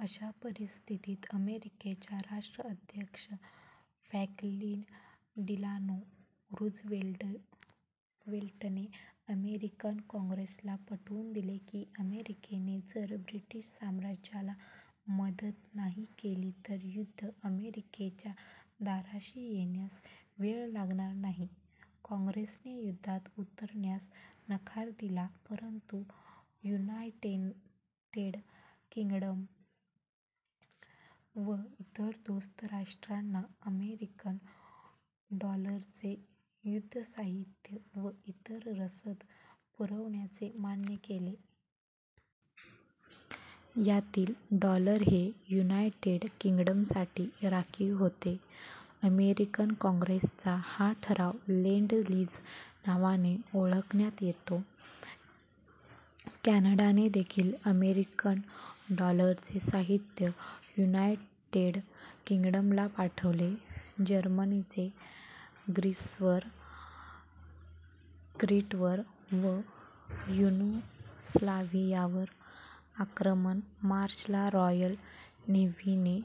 अशा परिस्थितीत अमेरिकेच्या राष्ट्राध्यक्ष फ्रॅंकलिन डिलानो रूझवेल्टने अमेरिकन काँग्रेसला पटवून दिले की अमेरिकेने जर ब्रिटिश साम्राज्याला मदत नाही केली तर युद्ध अमेरिकेच्या दाराशी येण्यास वेळ लागणार नाही. कॉॅंग्रेसने युद्धात उतरण्यास नकार दिला परंतु युनायटेड किंग्डम व इतर दोस्त राष्ट्रांना अमेरिकन डॉलरचे युद्धसाहित्य व इतर रसद पुरवण्याचे मान्य केले. यातील डॉलर हे युनायटेड किंग्डमसाठी राखीव होते. अमेरिकन कॉॅंग्रेसचा हा ठराव लेंड लीझ नावाने ओळखण्यात येतो. कॅनडाने देखिल अमेरिकन डॉलरचे साहित्य युनायटेड किंग्डमला पाठवले. जर्मनीचे ग्रीसवर, क्रीटवर व युगोस्लाव्हियावर आक्रमण मार्च ला रॉयल नेव्हीने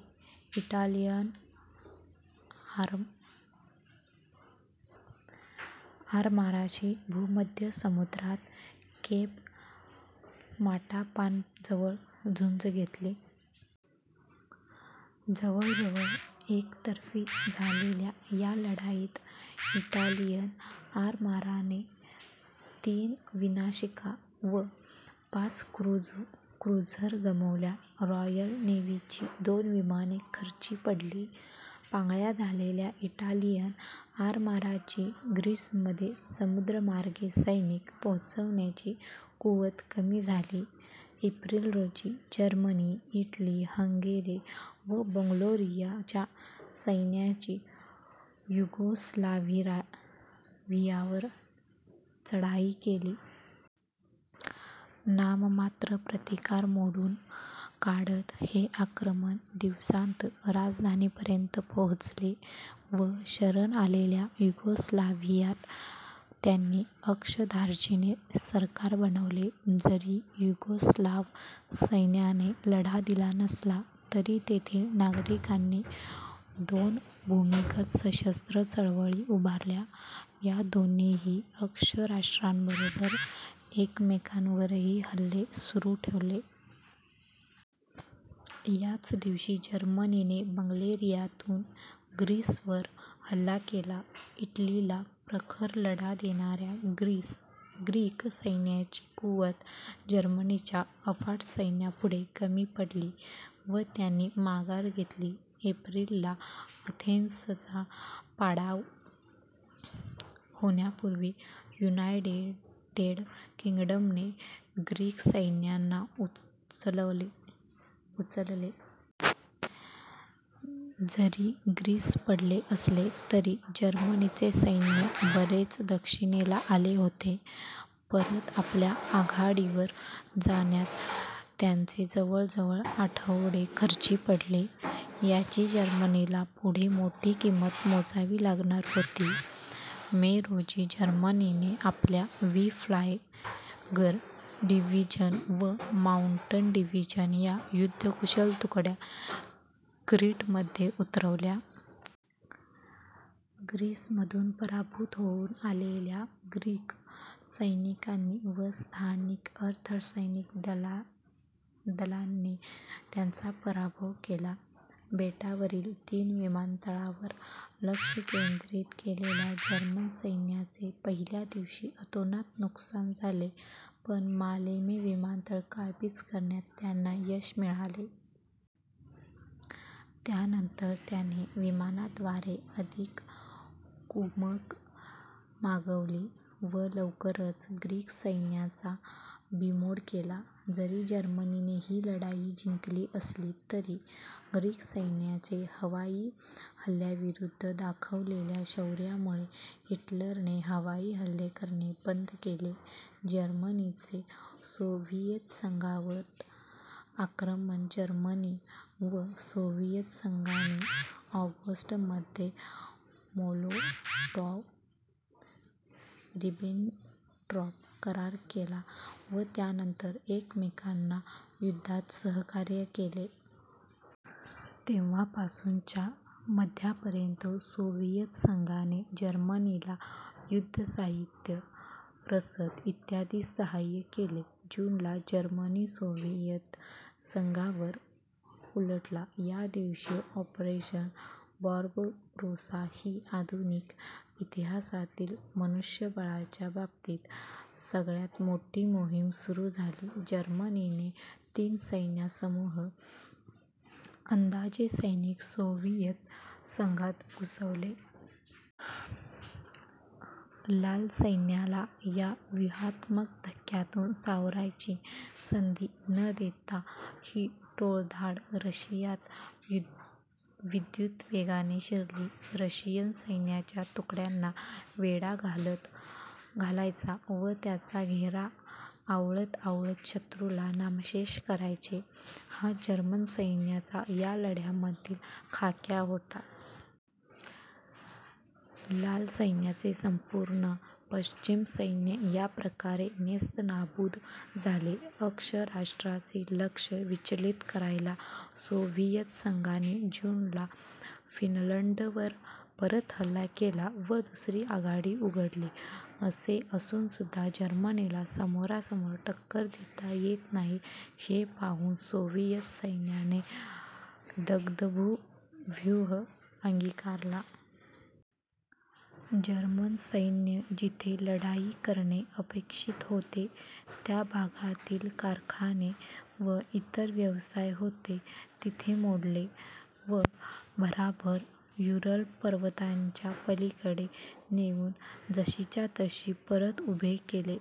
इटालियन आरमाराशी भूमध्य समुद्रात केप माटापानजवळ झुंज घेतली. जवळजवळ एकतर्फी झालेल्या या लढाईत इटालियन आरमाराने तीन विनाशिका व पाच क्रुझर गमावल्या. रॉयल नेव्हीची दोन विमाने खर्ची पडली. पांगळ्या झालेल्या इटालियन आरमाराची ग्रीसमध्ये समुद्रमार्गे सैनिक पोचवण्याची कुवत कमी झाली. एप्रिल, रोजी जर्मनी, इटली, हंगेरी व बल्गेरियाच्या सैन्यांनी युगोस्लाव्हियावर चढाई केली. नाममात्र प्रतिकार मोडून काढत हे आक्रमक दिवसांत राजधानीपर्यंत पोचले व शरण आलेल्या युगोस्लाव्हियात त्यांनी अक्ष-धार्जिणे सरकार बसवले. जरी युगोस्लाव्ह सैन्याने लढा दिला नसला तरी तेथील नागरिकांनी दोन भूमिगत सशस्त्र चळवळी उभारल्या. या दोन्हींनी अक्ष राष्ट्रांबरोबर एकमेकांवरही हल्ले सुरू ठेवले. याच दिवशी जर्मनीने बल्गेरियातून ग्रीसवर हल्ला केला. इटलीला प्रखर लढा देणाऱ्या ग्रीक सैन्याची कुवत जर्मनीच्या अफाट सैन्यापुढे कमी पडली व त्यांनी माघार घेतली. एप्रिल ला अथेन्सचा पाडाव होण्यापूर्वी युनायटेड किंग्डमने ग्रीक सैनिकांना उचलले. जरी ग्रीस पडले असले तरी जर्मनीचे सैन्य बरेच दक्षिणेला आले होते. परत आपल्या आघाडीवर जाण्यात त्यांचे जवळजवळ आठवडे खर्ची पडले. याची जर्मनीला पुढे मोठी किंमत मोजावी लागणार होती. मे, रोजी जर्मनीने आपल्या वी फ्लायगर डिव्हिजन व माउंटन डिव्हिजन या युद्धकुशल तुकड्या क्रीटमध्ये उतरवल्या. ग्रीसमधून पराभूत होऊन आलेल्या ग्रीक सैनिकांनी व स्थानिक अर्धसैनिक दलांनी त्यांचा प्रतिकार केला. बेटावरील तीन विमानतळांवर लक्ष केंद्रित केलेल्या जर्मन सैन्याचे पहिल्या दिवशी अतोनात नुकसान झाले पण मालेमे विमानतळ काबीज करण्यात त्यांना यश मिळाले. त्यानंतर त्यांनी विमानाद्वारे अधिक कुमक मागवली व लवकरच ग्रीक सैन्याचा बीमोड केला. जरी जर्मनीने ही लढाई जिंकली असली तरी ग्रीक सैन्याने हवाईहल्ल्यांविरुद्ध दाखवलेल्या शौर्यामुळे हिटलरने हवाई हल्ले करणे बंद केले. जर्मनीचे सोव्हिएत संघावर आक्रमण जर्मनी व सोव्हिएत संघाने ऑगस्ट मध्ये मोलोटॉव्ह-रिबेनट्रॉप करार केला व त्यानंतर एकमेकांना युद्धात सहकार्य केले. तेव्हापासून च्या मध्यापर्यंत सोव्हिएत संघाने जर्मनीला युद्धसाहित्य, रसद, इ. साहाय्य केले. जून, ला जर्मनी सोव्हिएत संघावर उलटला. या दिवशी ऑपरेशन बार्बारोसा ही आधुनिक इतिहासातील मनुष्यबळाच्या बाबतीत सगळ्यात मोठी मोहीम सुरू झाली. जर्मनीने तीन सैन्यसमूह, अंदाजे सैनिक सोव्हिएत संघात घुसवले. लाल सैन्याला या व्यूहात्मक धक्क्यातून सावरायची संधी न देता ही टोळधाड रशियात विद्युतवेगाने शिरली. रशियन सैन्याच्या तुकड्यांना वेढा घालायचा व त्याचा घेरा आवळत आवळत शत्रूला नामशेष करायचे हा जर्मन सैन्याचा या लढायांमधील खाक्या होता. लाल सैन्याचे संपूर्ण पश्चिम सैन्य याप्रकारे नेस्तनाबूद झाले. अक्ष राष्ट्रांचे लक्ष विचलित करायला सोव्हिएत संघाने जून ला फिनलंडवर परत हल्ला केला व दुसरी आघाडी उघडली. असे असूनसुद्धा जर्मनीला समोरासमोर टक्कर देता येत नाही हे पाहून सोव्हिएत सैन्याने दग्धभू व्यूह अंगिकारला. जर्मन सैन्य जेथे चढाई करणे अपेक्षित होते त्या भागातील कारखाने व इतर व्यवसाय होते तसे मोडले व भराभर युरल पर्वतांच्या पलीकडे नेउन जशीच्या तशी परत उभे केले.